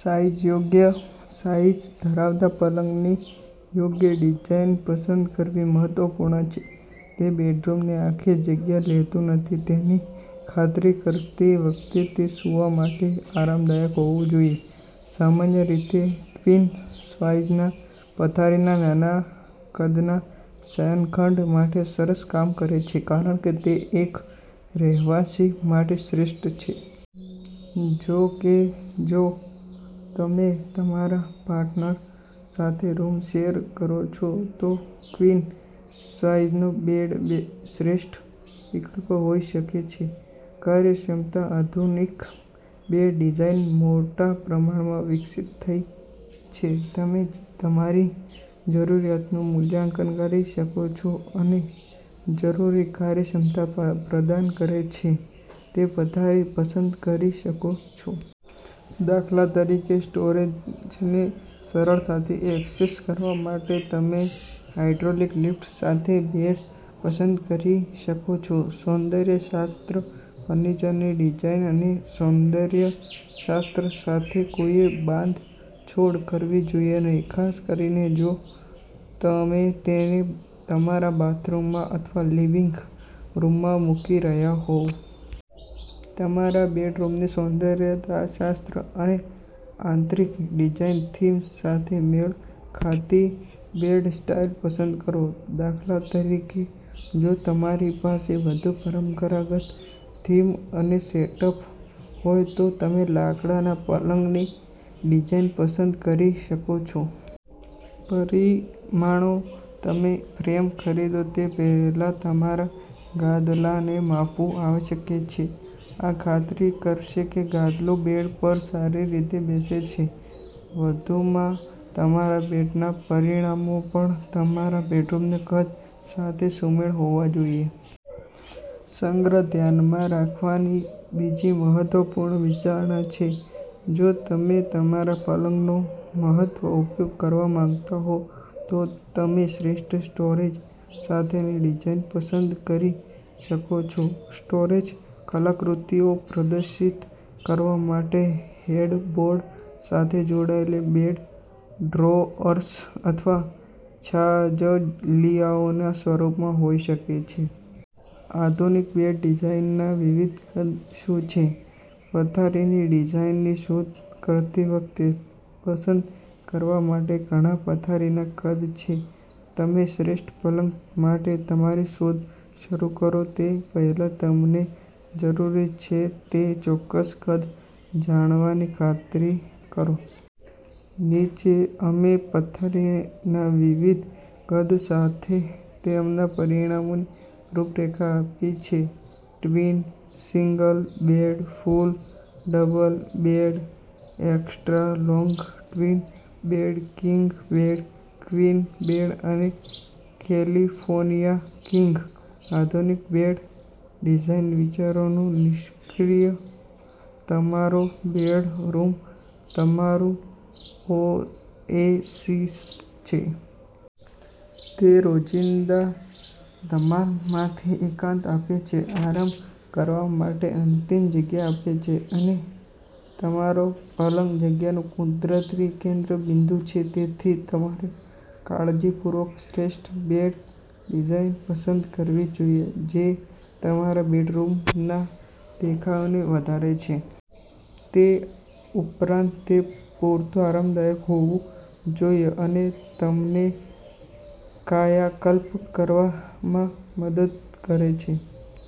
Size યોગ્ય size ધરાવતા પલંગની યોગ્ય ડિઝાઈન પસંદ કરવી મહત્વપૂર્ણ છે. તે બેડરૂમની આખી જગ્યા લેતું નથી તેની ખાતરી કરતી વખતે તે સૂવા માટે આરામદાયક હોવું જોઈએ. સામાન્ય રીતે, ટ્વીન-સાઇઝના પથારી નાના-કદના શયનખંડ માટે સરસ કામ કરે છે કારણ કે તે એક રહેવાસી માટે શ્રેષ્ઠ છે. જો કે, જો તમે તમારા પાર્ટનર સાથે રૂમ શેર કરો છો, તો ક્વીન સાઈઝનો બેડ શ્રેષ્ઠ વિકલ્પ હોઈ શકે છે. કાર્યક્ષમતા આધુનિક બેડ ડિઝાઇન મોટા પ્રમાણમાં વિકસિત થઈ છે. તમે તમારી જરૂરિયાતોનું મૂલ્યાંકન કરી શકો છો અને જરૂરી કાર્યક્ષમતા પ્રદાન કરે છે તે પથારી પસંદ કરી શકો છો. દાખલા તરીકે, સ્ટોરેજને સરળતાથી એક્સેસ કરવા માટે તમે હાઇડ્રોલિક લિફ્ટ સાથે બેડ પસંદ કરી શકો છો. સૌંદર્ય શાસ્ત્ર ફર્નિચરની ડિઝાઇન અને સૌંદર્ય શાસ્ત્ર સાથે કોઈએ બાંધછોડ કરવી જોઈએ નહીં, ખાસ કરીને જો તમે તેને તમારા બેડરૂમમાં અથવા લિવિંગ રૂમમાં મૂકી રહ્યાં હોવ. તમારા બેડરૂમના સૌંદર્ય શાસ્ત્ર અને આંતરીક ડિઝાઇન થીમ સાથે મેળ ખાતી બેડ સ્ટાઇલ પસંદ કરો. દાખલા તરીકે, જો તમારી પાસે વધુ પરંપરાગત થીમ અને સેટઅપ હોય, તો તમે લાકડાના પલંગની ડિઝાઇન પસંદ કરી શકો છો. પરિમાણો તમે ફ્રેમ ખરીદો તે પહેલાં તમારા ગાદલાને માપવું આવશ્યક છે. આ ખાતરી કરશે કે ગાદલું બેડ પર સારી રીતે બેસે છે. વધુમાં, તમારા બેડના પરિમાણો પણ તમારા બેડરૂમના કદ સાથે સુમેળમાં હોવા જોઈએ. સંગ્રહ ધ્યાનમાં રાખવાની બીજી મહત્વપૂર્ણ વિચારણા છે. જો તમે તમારા પલંગનો મહત્તમ ઉપયોગ કરવા માંગતા હો, તો તમે શ્રેષ્ઠ સ્ટોરેજ સાથેની ડિઝાઇન પસંદ કરી શકો છો. સ્ટોરેજ કલાકૃતિઓ પ્રદર્શિત કરવા માટે હેડબોર્ડ સાથે જોડાયેલ બેડ ડ્રોઅર્સ અથવા છાજલીઓના સ્વરૂપમાં હોઈ શકે છે. આધુનિક બેડ ડિઝાઇનના વિવિધ કદ શું છે? પથારીની ડિઝાઇનની શોધ કરતી વખતે, પસંદ કરવા માટે ઘણા પથારીના કદ છે. તમે શ્રેષ્ઠ પલંગ માટે તમારી શોધ શરૂ કરો તે પહેલાં, તમને જરૂર છે તે ચોક્કસ કદ જાણવાની ખાતરી કરો. નીચે અમે પથારીના વિવિધ કદ સાથે તેમના પરિમાણોની રૂપરેખા આપી છે. Twin single bed, full double bed, extra long twin bed, king bed, queen bed અને કેલિફોર્નિયા કિંગ. આધુનિક બેડ ડિઝાઇન વિચારોનું નિષ્કર્ષ તમારો બેડરૂમ તમારું ઓએસિસ છે. તે રોજિંદા ધમાલમાંથી એકાંત આપે છે, આરામ કરવા માટે અંતિમ જગ્યા આપે છે. અને તમારો પલંગ જગ્યાનું કુદરતી કેન્દ્રબિંદુ છે. તેથી, તમારે કાળજીપૂર્વક શ્રેષ્ઠ બેડ ડિઝાઇન પસંદ કરવી જોઈએ જે તમારા બેડરૂમના દેખાવને વધારે છે. તે ઉપરાંત, તે પૂરતું આરામદાયક હોવું જોઈએ અને તમને કાયાકલ્પ કરવામાં મદદ કરે છે.